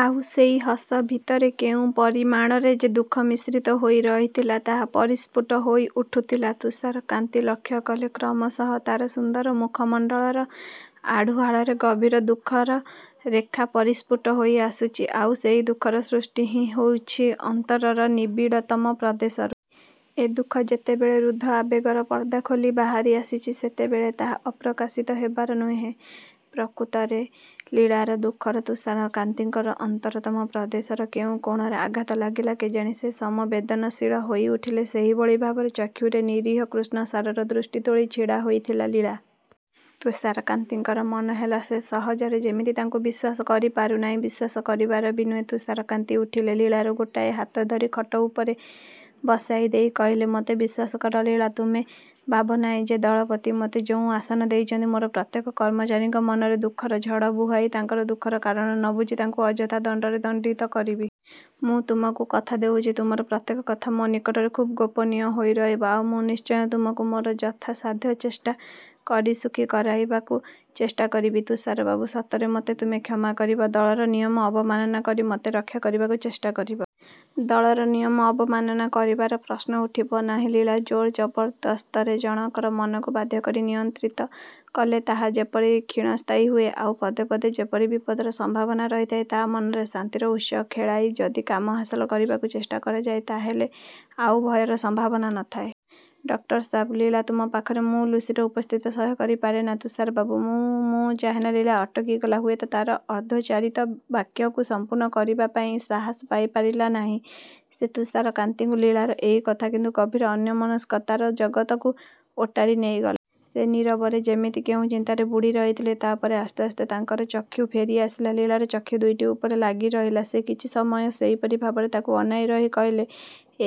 ଆଉ ସେହି ହସ ଭିତରେ କେଉଁ ପରିମାଣରେ ଯେ ଦୁଃଖ ମିଶ୍ରିତ ହୋଇ ରହିଥିଲା, ତାହା ପରିଷ୍ଫୁଟ ହୋଇଉଠୁଥିଲା। ତୁଷାରକାନ୍ତି ଲକ୍ଷ୍ୟ କଲେ, କ୍ରମଶଃ ତାର ସୁନ୍ଦର ମୁଖମଣ୍ଡଳର ଆଢ଼ୁଆଳରେ ଗଭୀର ଦୁଃଖର ରେଖା ପରିଷ୍ଫୁଟ ହୋଇ ଆସୁଛି। ଆଉ ସେହି ଦୁଃଖର ସୃଷ୍ଟି ହିଁ ହୋଇଛି ଅନ୍ତରର ନିବିଡ଼ତମ ପ୍ରଦେଶରୁ। ଏ ଦୁଃଖ ଯେତେବେଳେ ରୁଦ୍ଧ ଆବେଗର ପର୍ଦ୍ଦା ଖୋଲି ବାହାରି ଆସିଛି, ସେତେବେଳେ ତାହା ଅପ୍ରକାଶିତ ହେବାର ନୁହେଁ। ପ୍ରକୃତରେ ଲୀଳାର ଦୁଃଖରେ ତୁଷାରକାନ୍ତିଙ୍କର ଅନ୍ତରତମ ପ୍ରଦେଶର କେଉଁ କୋଣରେ ଆଘାତ ଲାଗିଲା କେଜାଣି, ସେ ସମବେଦନଶୀଳ ହୋଇଉଠିଲେ। ସେହିଭଳି ଭାବରେ ଚକ୍ଷୁରେ ନିରୀହ କୃଷ୍ଣସାରର ଦୃଷ୍ଟି ତୋଳି ଛିଡ଼ା ହୋଇଥିଲା ଲୀଳା। ତୁଷାରକାନ୍ତିଙ୍କର ମନେହେଲା, ସେ ସହଜରେ ଯେମିତି ତାଙ୍କୁ ବିଶ୍ୱାସ କରିପାରୁନାହିଁ। ବିଶ୍ୱାସ କରିବାର ବି ନୁହେଁ। ତୁଷାରକାନ୍ତି ଉଠିଲେ। ଲୀଳାର ଗୋଟାଏ ହାତ ଧରି ଖଟ ଉପରେ ବସାଇ ଦେଇ କହିଲେ, ମୋତେ ବିଶ୍ୱାସ କର ଲୀଳା। ତୁମେ ଭାବ ନାହିଁ ଯେ ଦଳପତି ମୋତେ ଯେଉଁ ଆସନ ଦେଇଛନ୍ତି, ମୋର ପ୍ରତ୍ୟେକ କର୍ମଚାରୀଙ୍କ ମନରେ ଦୁଃଖର ଝଡ଼ ବୁହାଇ, ତାଙ୍କର ଦୁଃଖର କାରଣ ନ ବୁଝି ତାଙ୍କୁ ଅଯଥା ଦଣ୍ଡରେ ଦଣ୍ଡିତ କରିବି। ମୁଁ ତୁମକୁ କଥା ଦେଉଛି, ତୁମର ପ୍ରତ୍ୟେକ କଥା ମୋ ନିକଟରେ ଖୁବ୍ ଗୋପନୀୟ ହୋଇ ରହିବ। ଆଉ ମୁଁ ନିଶ୍ଚୟ ତୁମକୁ ମୋର ଯଥାସାଧ୍ୟ ଚେଷ୍ଟା କରି ସୁଖୀ କରାଇବାକୁ ଚେଷ୍ଟା କରିବି। ତୁଷାର ବାବୁ, ସତରେ ମୋତେ ତୁମେ କ୍ଷମା କରିବ? ଦଳର ନିୟମ ଅବମାନନା କରି ମୋତେ ରକ୍ଷା କରିବାକୁ ଚେଷ୍ଟା କରିବ? ଦଳର ନିୟମ ଅବମାନନା କରିବାର ପ୍ରଶ୍ନ ଉଠିବ ନାହିଁ, ଲୀଳା। ଜୋର୍‌ଜବରଦସ୍ତରେ ଜଣକର ମନକୁ ବାଧ୍ୟ କରି ନିୟନ୍ତ୍ରିତ କଲେ ତାହା ଯେପରି କ୍ଷୀଣସ୍ଥାୟୀ ହୁଏ, ଆଉ ପଦେ ପଦେ ଯେପରି ବିପଦର ସମ୍ଭାବନା ରହିଥାଏ, ତା ମନରେ ଶାନ୍ତିର ଉତ୍ସ ଖେଳାଇ ଯଦି କାମ ହାସଲ କରିବାକୁ ଚେଷ୍ଟା କରାଯାଏ, ତା ହେଲେ ଆଉ ଭୟର ସମ୍ଭାବନା ନଥାଏ। ଡକ୍ଟର ସା'ବ, ଲୀଳା, ତୁମ ପାଖରେ ମୁଁ ଲୁସିର ଉପସ୍ଥିତି ସହ୍ୟ କରିପାରେନା, ତୁଷାର ବାବୁ। ମୁଁ. ମୁଁ. ଚାହେଁନା ଲୀଳା ଅଟକିଗଲା। ହୁଏତ ତାର ଅର୍ଦ୍ଧୋଚ୍ଚାରିତ ବାକ୍ୟକୁ ସମ୍ପୂର୍ଣ୍ଣ କରିବା ପାଇଁ ସାହସ ପାଇପାରିଲା ନାହିଁ ସେ। ତୁଷାରକାନ୍ତିଙ୍କୁ ଲୀଳାର ଏହି କଥା କିନ୍ତୁ ଗଭୀର ଅନ୍ୟମନସ୍କତାର ଜଗତକୁ ଓଟାରି ନେଇଗଲା। ସେ ନୀରବରେ ଯେମିତି କେଉଁ ଚିନ୍ତାରେ ବୁଡ଼ି ରହିଥିଲେ। ତା ପରେ ଆସ୍ତେ ଆସ୍ତେ ତାଙ୍କର ଚକ୍ଷୁ ଫେରି ଆସି ଲୀଳାର ଚକ୍ଷୁ ଦୁଇଟି ଉପରେ ଲାଗିରହିଲା। ସେ କିଛି ସମୟ ସେହିପରି ଭାବରେ ତାକୁ ଅନାଇ ରହି କହିଲେ,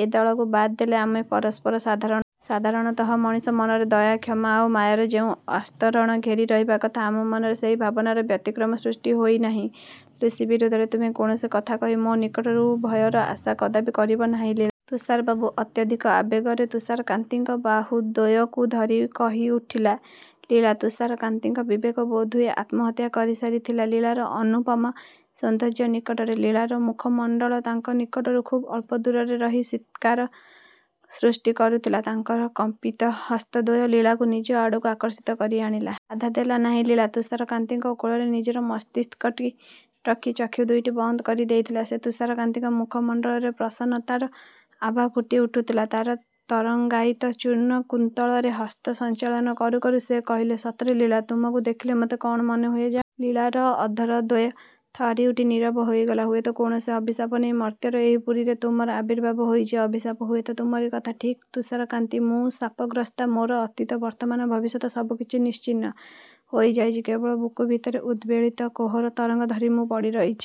ଏ ଦଳକୁ ବାଦ୍ ଦେଲେ ଆମେ ପରସ୍ପର ସାଧାରଣ ମଣିଷ। ସାଧାରଣତଃ ମଣିଷ ମନରେ ଦୟା, କ୍ଷମା ଆଉ ମାୟାର ଯେଉଁ ଆସ୍ତରଣ ଘେରି ରହିବା କଥା, ଆମ ମନରେ ସେହି ଭାବନାର ବ୍ୟତିକ୍ରମ ସୃଷ୍ଟି ହୋଇନାହିଁ। ଲୁସି ବିରୁଦ୍ଧରେ ତୁମେ କୌଣସି କଥା କହି ମୋ ନିକଟରୁ ଭୟର ଆଶା କଦାପି କରିବ ନାହିଁ, ଲୀଳା। ତୁଷାର ବାବୁ! ଅତ୍ୟଧିକ ଆବେଗରେ ତୁଷାରକାନ୍ତିଙ୍କ ବାହୁଦ୍ୱୟକୁ ଧରି କହିଉଠିଲା ଲୀଳା। ତୁଷାରକାନ୍ତିଙ୍କ ବିବେକ ବୋଧହୁଏ ଆତ୍ମହତ୍ୟା କରିସାରିଥିଲା ଲୀଳାର ଅନୁପମ ସୌନ୍ଦର୍ଯ୍ୟ ନିକଟରେ। ଲୀଳାର ମୁଖମଣ୍ଡଳ ତାଙ୍କ ନିକଟରୁ ଖୁବ୍ ଅଳ୍ପ ଦୂରରେ ରହି ସୀତ୍କାର ସୃଷ୍ଟି କରୁଥିଲା। ତାଙ୍କର କମ୍ପିତ ହସ୍ତଦ୍ୱୟ ଲୀଳାକୁ ନିଜ ଆଡ଼କୁ ଆକର୍ଷିତ କରି ଆଣିଲା। ବାଧା ଦେଲା ନାହିଁ ଲୀଳା। ତୁଷାରକାନ୍ତିଙ୍କ କୋଳରେ ନିଜର ମସ୍ତିଷ୍କଟି ରଖି ଚକ୍ଷୁ ଦୁଇଟି ବନ୍ଦ କରିଦେଇଥିଲା ସେ। ତୁଷାରକାନ୍ତିଙ୍କ ମୁଖମଣ୍ଡଳରେ ପ୍ରସନ୍ନତାର ଆଭା ଫୁଟିଉଠୁଥିଲା। ତାର ତରଙ୍ଗାୟିତ ଚୂର୍ଣ୍ଣ କୁନ୍ତଳରେ ହସ୍ତ ସଞ୍ଚାଳନ କରୁ କରୁ ସେ କହିଲେ, ସତରେ ଲୀଳା, ତୁମକୁ ଦେଖିଲେ ମୋର କଣ ମନେହୁଏ ଜାଣ? ଲୀଳାର ଅଧରଦ୍ୱୟ ଥରିଉଠି ନୀରବ ହୋଇଗଲା। ହୁଏତ କୌଣସି ଅଭିଶାପ ନେଇ ମର୍ତ୍ତ୍ୟର ଏହି ପୁରୀରେ ତୁମର ଆବିର୍ଭାବ ହୋଇଛି। ଅଭିଶାପ. ହୁଏତ ତୁମରି କଥା ଠିକ୍ ତୁଷାରକାନ୍ତି। ମୁଁ ଶାପଗ୍ରସ୍ତା। ମୋର ଅତୀତ, ବର୍ତ୍ତମାନ, ଭବିଷ୍ୟତ ସବୁ କିଛି ନିଶ୍ଚିହ୍ନ ହୋଇଯାଇଛି। କେବଳ ବୁକୁ ଭିତରେ ଉଦ୍‌ବେଳିତ କୋହର ତରଙ୍ଗ ଧରି ମୁଁ ପଡ଼ିରହିଛି।